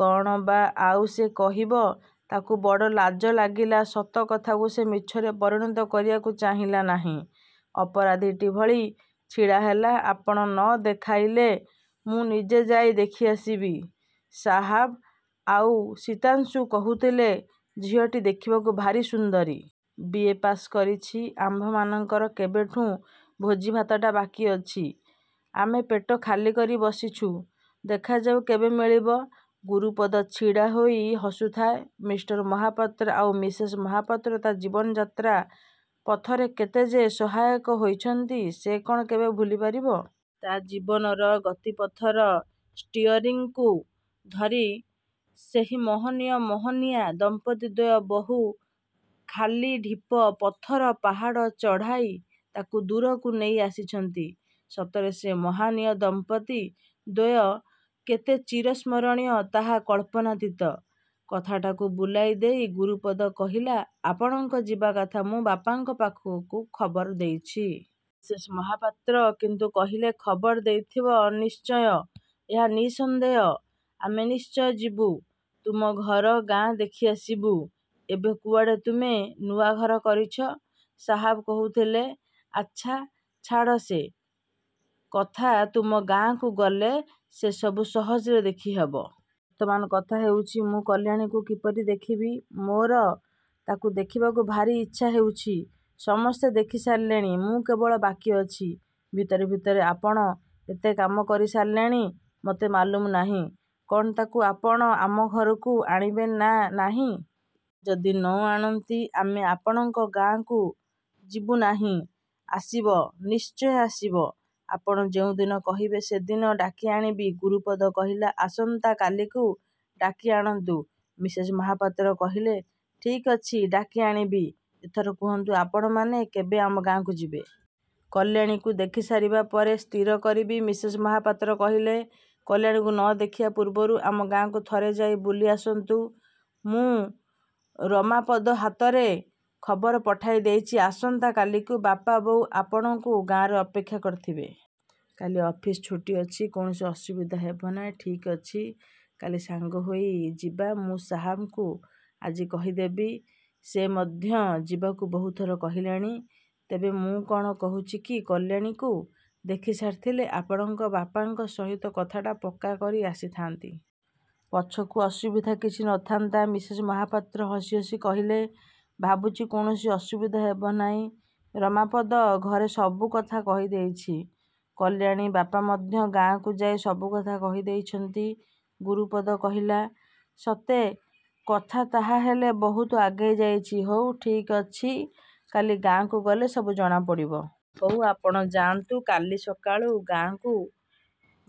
କ'ଣ ବା ଆଉ ସେ କହିବ। ତା'କୁ ବଡ଼ ଲାଜ ଲାଗିଲା। ସତ କଥାକୁ ସେ ମିଛରେ ପରିଣତ କରିବାକୁ ଚାହିଁଲା ନାହିଁ। ଅପରାଧୀଟି ଭଳି ଛିଡ଼ା ହେଲା। ଆପଣ ନ ଦେଖାଇଲେ ମୁଁ ନିଜେ ଯାଇ ଦେଖିଆସିବି। ସାହାବ ଆଉ ଶୀତାଂଶୁ କହୁଥିଲେ, ଝିଅଟି ଦେଖିବାକୁ ଭାରି ସୁନ୍ଦରୀ। ବି. ଏ. ପାସ୍ କରିଛି। ଆମ୍ଭମାନଙ୍କର କେବେଠୁଁ ଭୋଜିଭାତଟା ବାକି ଅଛି। ଆମେ ପେଟ ଖାଲିକରି ବସିଛୁ। ଦେଖାଯାଉ କେବେ ମିଳିବ? ଗୁରୁପଦ ଛିଡ଼ା ହୋଇ ହସୁଥାଏ, ମିଷ୍ଟର ମହାପାତ୍ର ଆଉ ମିସେସ୍ ମହାପାତ୍ର ତା' ଜୀବନଯାତ୍ରା ପଥରେ କେତେ ଯେ ସହାୟକ ହୋଇଛନ୍ତି, ସେ କ'ଣ କେବେ ଭୁଲିପାରିବ! ତା' ଜୀବନର ଗତି ପଥର ଷ୍ଟିଅରିଂକୁ ଧରି ସେହି ମହନୀୟ ମହନୀୟା ଦମ୍ପତିଦ୍ୱୟ ବହୁ ଖାଲି ଢିପ ପଥର ପାହାଡ଼ ଚଢ଼ାଇ ତା'କୁ ଦୂରକୁ ନେଇ ଆସିଛନ୍ତି। ସତରେ ସେ ମହାନୀୟ ଦମ୍ପତ୍ତି ଦ୍ୱୟ କେତେ ଚିର ସ୍ମରଣୀୟ ତାହା କଳ୍ପନାତୀତ। କଥାଟାକୁ ବୁଲାଇଦେଇ ଗୁରୁପଦ କହିଲା, ଆପଣଙ୍କ ଯିବା କଥା ମୁଁ ବାପାଙ୍କ ପାଖକୁ ଖବର ଦେଇଛି। ମିସେସ୍ ମହାପାତ୍ର କିନ୍ତୁ କହିଲେ, ଖବର ଦେଇଥିବ ନିଶ୍ଚୟ! ଏହା ନିଃସନ୍ଦେହ। ଆମେ ନିଶ୍ଚୟ ଯିବୁ। ତୁମ ଘର ଗାଁ ଦେଖିଆସିବୁ। ଏବେ କୁଆଡ଼େ ତୁମେ ନୂଆଘର କରିଛ, ସାହାବ କହୁଥିଲେ। ଆଚ୍ଛା ଛାଡ଼ ସେ। କଥା, ତୁମ ଗାଁକୁ ଗଲେ ସେ ସବୁ ସହଜରେ ଦେଖିହେବ। ବର୍ତ୍ତମାନ କଥା ହେଉଛି, ମୁଁ କଲ୍ୟାଣୀକୁ କିପରି ଦେଖିବି। ମୋର ତା'କୁ ଦେଖିବାକୁ ଭାରି ଇଚ୍ଛା ହେଉଛି। ସମସ୍ତେ ଦେଖି ସାରିଲେଣି, ମୁଁ କେବଳ ବାକି ଅଛି। ଭିତରେ ଭିତରେ ଆପଣ ଏତେ କାମ କରି ସାରିଲେଣି, ମୋତେ ମାଲୁମ୍ ନାହିଁ। କ'ଣ ତା'କୁ ଆପଣ ଆମ ଘରକୁ ଆଣିବେ ନା ନାହିଁ। ଯଦି ନ ଆଣନ୍ତି ଆମେ ଆପଣଙ୍କ ଗାଁକୁ ଯିବୁ ନାହିଁ। ଆସିବ, ନିଶ୍ଚୟ ଆସିବ। ଆପଣ ଯେଉଁଦିନ କହିବେ ସେଦିନ ଡାକି ଆଣିବି, ଗୁରୁପଦ କହିଲା। ଆସନ୍ତା କାଲିକୁ ଡାକି ଆଣନ୍ତୁ, ମିସେସ୍ ମହାପାତ୍ର କହିଲେ। ଠିକ୍ ଅଛି ଡାକି ଆଣିବି। ଏଥର କୁହନ୍ତୁ ଆପଣମାନେ କେବେ ଆମ ଗାଁକୁ ଯିବେ? କଲ୍ୟାଣୀକୁ ଦେଖି ସାରିବା ପରେ ସ୍ଥିର କରିବି, ମିସେସ୍ ମହାପାତ୍ର କହିଲେ। କଲ୍ୟାଣୀକୁ ନ ଦେଖିବା ପୂର୍ବରୁ ଆମ ଗାଁକୁ ଥରେ ଯାଇ ବୁଲି ଆସନ୍ତୁ। ମୁଁ ରମାପଦ ହାତରେ ଖବର ପଠାଇ ଦେଇଛି, ଆସନ୍ତା କାଲିକୁ ବାପା ବୋଉ ଆପଣଙ୍କୁ ଗାଁରେ ଅପେକ୍ଷା କରିଥିବେ। କାଲି ଅଫିସ୍ ଛୁଟି ଅଛି, କୌଣସି ଅସୁବିଧା ହେବ ନାହିଁ। ଠିକ୍ ଅଛି କାଲି ସାଙ୍ଗହୋଇ ଯିବା ମୁଁ ସାହାବଙ୍କୁ ଆଜି କହିଦେବି। ସେ ମଧ୍ୟ ଯିବାକୁ ବହୁଥର କହିଲେଣି। ତେବେ ମୁଁ କ'ଣ କହୁଛି କି, କଲ୍ୟାଣୀକୁ ଦେଖି ସାରିଥିଲେ ଆପଣଙ୍କ ବାପାଙ୍କ ସହିତ କଥାଟା ପକ୍କା କରି ଆସିଥାନ୍ତି। ପଛକୁ ଅସୁବିଧା କିଛି ନଥାନ୍ତା ମିସେସ୍ ମହାପାତ୍ର ହସି ହସି କହିଲେ। ଭାବୁଛି କୌଣସି ଅସୁବିଧା ହେବ ନାହିଁ, ରମାପଦ ଘରେ ସବୁକଥା କହିଦେଇଛି, କଲ୍ୟାଣୀ ବାପା ମଧ୍ୟ ଗାଁକୁ ଯାଇ ସବୁକଥା କହି ଦେଇଛନ୍ତି ଗୁରୁପଦ କହିଲା। ସତେ, କଥା ତାହାହେଲେ ବହୁତ ଆଗେଇ ଯାଇଛି, ହଉ ଠିକ୍ ଅଛି କାଲି ଗାଁକୁ ଗଲେ ସବୁ ଜଣାପଡ଼ିବ। ହଉ ଆପଣ ଯାଆନ୍ତୁ କାଲି ସକାଳୁ ଗାଁକୁ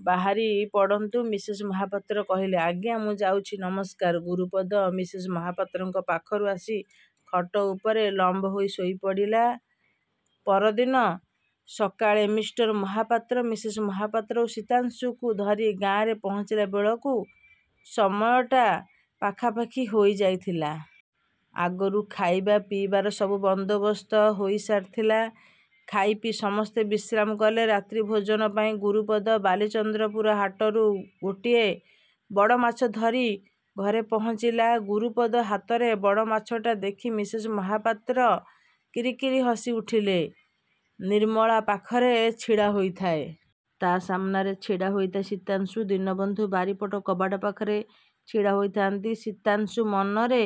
ବାହାରି ପଡ଼ନ୍ତୁ, ମିସେସ୍ ମହାପାତ୍ର କହିଲେ। ଆଜ୍ଞା ମୁଁ ଯାଉଛି, ନମସ୍କାର। ଗୁରୁପଦ ମିସେସ୍ ମହାପାତ୍ରଙ୍କ ପାଖରୁ ଆସି ଖଟ ଉପରେ ଲମ୍ୱ ହୋଇ ଶୋଇପଡ଼ିଲା। ପରଦିନ ସକାଳେ ମିଷ୍ଟର ମହାପାତ୍ର ମିସେସ୍ ମହାପାତ୍ର ଓ ଶୀତାଂଶୁକୁ ଧରି ଗାଁରେ ପହଞ୍ଚିଲାବେଳକୁ ସମୟ ଟା ପାଖାପାଖି ହୋଇଯାଇଥିଲା। ଆଗରୁ ଖାଇବା ପିଇବାର ସବୁ ବନ୍ଦୋବସ୍ତ ହୋଇସାରିଥିଲା। ଖାଇପିଇ ସମସ୍ତେ ବିଶ୍ରାମ କଲେ, ରାତ୍ରି ଭୋଜନ ପାଇଁ ଗୁରୁପଦ ବାଲିଚନ୍ଦ୍ରପୁର ହାଟରୁ ଗୋଟିଏ ବଡ଼ମାଛ ଧରି ଘରେ ପହଞ୍ଚିଲା। ଗୁରୁପଦ ହାତରେ ବଡ଼ ମାଛଟା ଦେଖି ମିସେସ୍ ମହାପାତ୍ର କିରି କିରି ହସିଉଠିଲେ। ନିର୍ମଳା ପାଖରେ ଛିଡ଼ା ହୋଇଥାଏ। ତା' ସାମନାରେ ଛିଡ଼ା ହୋଇଥାଏ ଶୀତାଂଶୁ। ଦୀନବନ୍ଧୁ ବାରିପଟ କବାଟ ପାଖରେ ଛିଡ଼ା ହୋଇଥାନ୍ତି। ଶୀତାଂଶୁ ମନରେ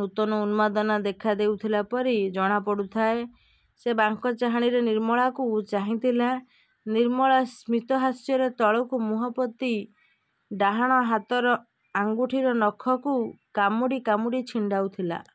ନୂତନ ଉନ୍ମାଦନା ଦେଖାଦେଉଥିଲା ପରି ଜଣା ପଡ଼ୁଥାଏ। ସେ ବାଙ୍କ ଚାହାଣୀରେ ନିର୍ମଳାକୁ ଚାହିଁଥିଲା, ନିର୍ମଳା ସ୍ମିତ ହାସ୍ୟରେ ତଳକୁ ମୁହଁ ପୋତି ଡାହାଣ ହାତର ଆଙ୍ଗୁଠିର ନଖକୁ କାମୁଡ଼ି କାମୁଡ଼ି ଛିଣ୍ଡାଉଥିଲା।